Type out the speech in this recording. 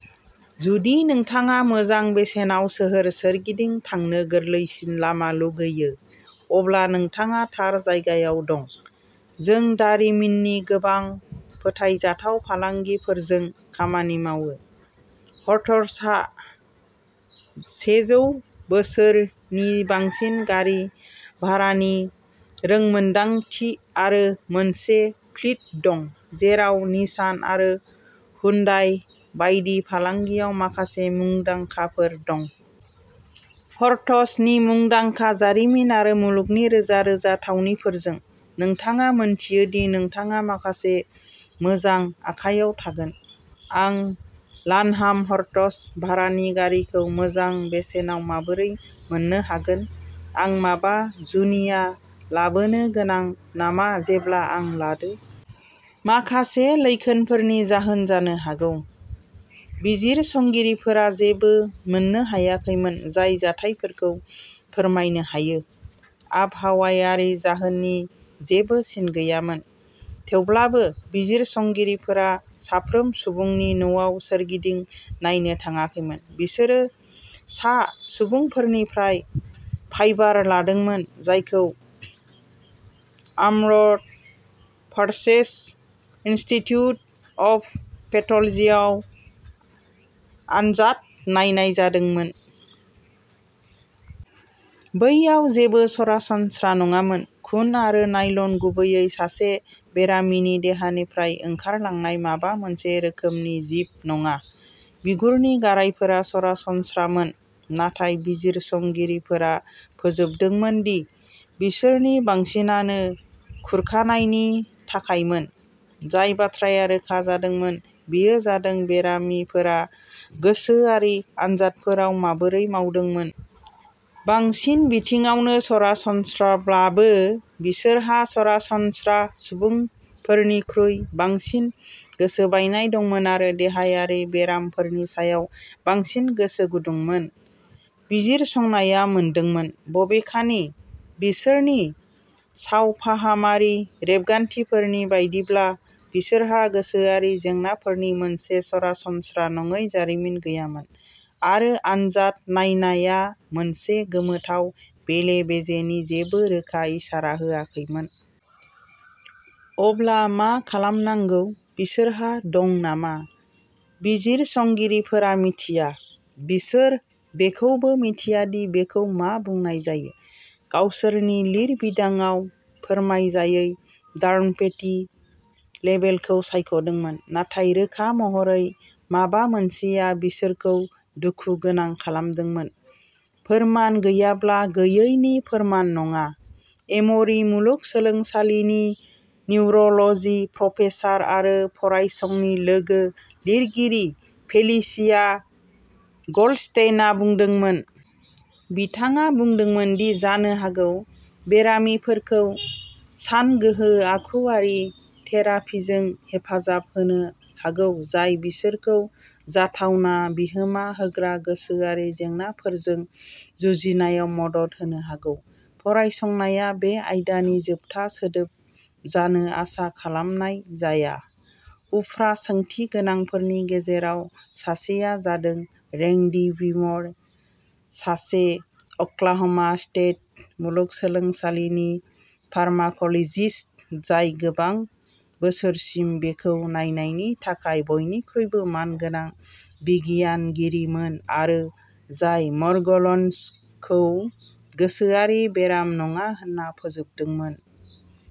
जुदि नोंथाङा मोजां बेसेनाव सोहोर सोरगिदिं थांनो गोरलैसिन लामा लुगैयो, अब्ला नोंथाङा थार जायगायाव दं। जों दारिमिननि गोबां फोथायजाथाव फालांगिफोरजों खामानि मावो। हर्टजहा सेजौ बोसोरनि बांसिन गारि भारानि रोंमोनदांथि आरो मोनसे फ्लीट दं, जेराव निसान आरो हुन्डाइ बायदि फालांगियाव माखासे मुंदांखाफोर दं। हर्टजनि मुंदांखा जारिमिन आरो मुलुगनि रोजा-रोजा थावनिफोरजों, नोंथाङा मिन्थियो दि नोंथाङा माखासे मोजां आखाइयाव थागोन। आं लानहाम हर्टज भारानि गारिखौ मोजां बेसेनाव माबोरै मोन्नो हागोन? आं माबा जुनिया लाबोनो गोनां नामा जेब्ला आं लादो? माखासे लैखोनफोरनि जाहोन जानो हागौ। बिजिरसंगिरिफोरा जेबो मोननो हायाखैमोन जाय जाथायफोरखौ फोरमायनो हायो। आबहावायारि जाहोननि जेबो सिन गैयामोन, थेवब्लाबो बिजिरसंगिरिफोरा साफ्रोम सुबुंनि न'आव सोरगिदिं नायनो थाङाखैमोन। बिसोरो सा सुबुंफोरनिफ्राय फाइबार लादोंमोन, जायखौ आर्म्ड फोर्सेस इनस्टिट्युट अफ पेथलजियाव आनजाद नायनाय जादोंमोन। बैयाव जेबो सरासनस्रा नङामोन। खुन आरो नायल'न, गुबैयै-सासे बेरामिनि देहानिफ्राय ओंखारलांनाय माबा मोनसे रोखोमनि जिब नङा। बिगुरनि गारायफोरा सरासनस्रामोन, नाथाय बिजिरसंगिरिफोरा फोजोबदोंमोन दि बिसोरनि बांसिनानो खुरखानायनि थाखायमोन। जाय बाथ्राया रोखा जादोंमोन बेयो जादों बेरामिफोरा गोसोआरि आनजादफोराव माबोरै मावदोंमोन। बांसिन बिथिङावनो सरासनस्राब्लाबो, बिसोरहा सरासनस्रा सुबुंफोरनिख्रुइ बांसिन गोसोबायनाय दंमोन आरो देहायारि बेरामफोरनि सायाव बांसिन गोसो गुदुंमोन, बिजिरसंनाया मोनदोंमोन। बबेखानि, बिसोरनि सावफाहामारि रेबगान्थिफोरनि बायदिब्ला, बिसोरहा गोसोआरि जेंनाफोरनि मोनसे सरासनस्रा नङै जारिमिन गैयामोन। आरो आनजाद नायनाया मोनसे गोमोथाव बेले-बेजेनि जेबो रोखा इसारा होआखैमोन। अब्ला मा खालामनांगौ? बिसोरहा दं नामा? बिजिरसंगिरिफोरा मिथिया। बिसोर बेखौबो मिथिया दि बेखौ मा बुंनाय जायो, गावसोरनि लिरबिदांआव "फोरमायजायै डार्म'पेथि" लेबेलखौ सायख'दोंमोन। नाथाय रोखा महरै, माबा मोनसेया बिसोरखौ दुखु गोनां खालामदोंमोन। "फोरमान गैयाब्ला गैयैनि फोरमान नङा", एम'रि मुलुगसोलोंसालिनि निउर'ल'जि प्रफेसार आरो फरायसंनि लोगो-लिरगिरि फेलिसिया ग'ल्डस्टेइनआ बुंदोंमोन। बिथाङा बुंदोंमोन दि जानो हागौ बेरामिफोरखौ सानगोहो आखुयारि थेरापिजों हेफाजाब होनो हागौ जाय बिसोरखौ जाथावना बिहोमा होग्रा गोसोआरि जेंनाफोरजों जुजिनायाव मदद होनो हागौ। फरायसंनाया बे आयदानि जोबथा सोदोब जानो आसा खालामनाय जाया। उफ्रा सोंथि गोनांफोरनि गेजेराव सासेआ जादों रेंडि विम'र, सासे अक्लाह'मा स्टेट मुलुगसोलोंसालिनि फार्माक'ल'जिस्ट, जाय गोबां बोसोरसिम बेखौ नायनायनि थाखाय बयनिख्रुइबो मानगोनां बिगियानगिरिमोन आरो जाय म'र्गेलन्सखौ गोसोआरि बेराम नङा होन्ना फोजोबदोंमोन।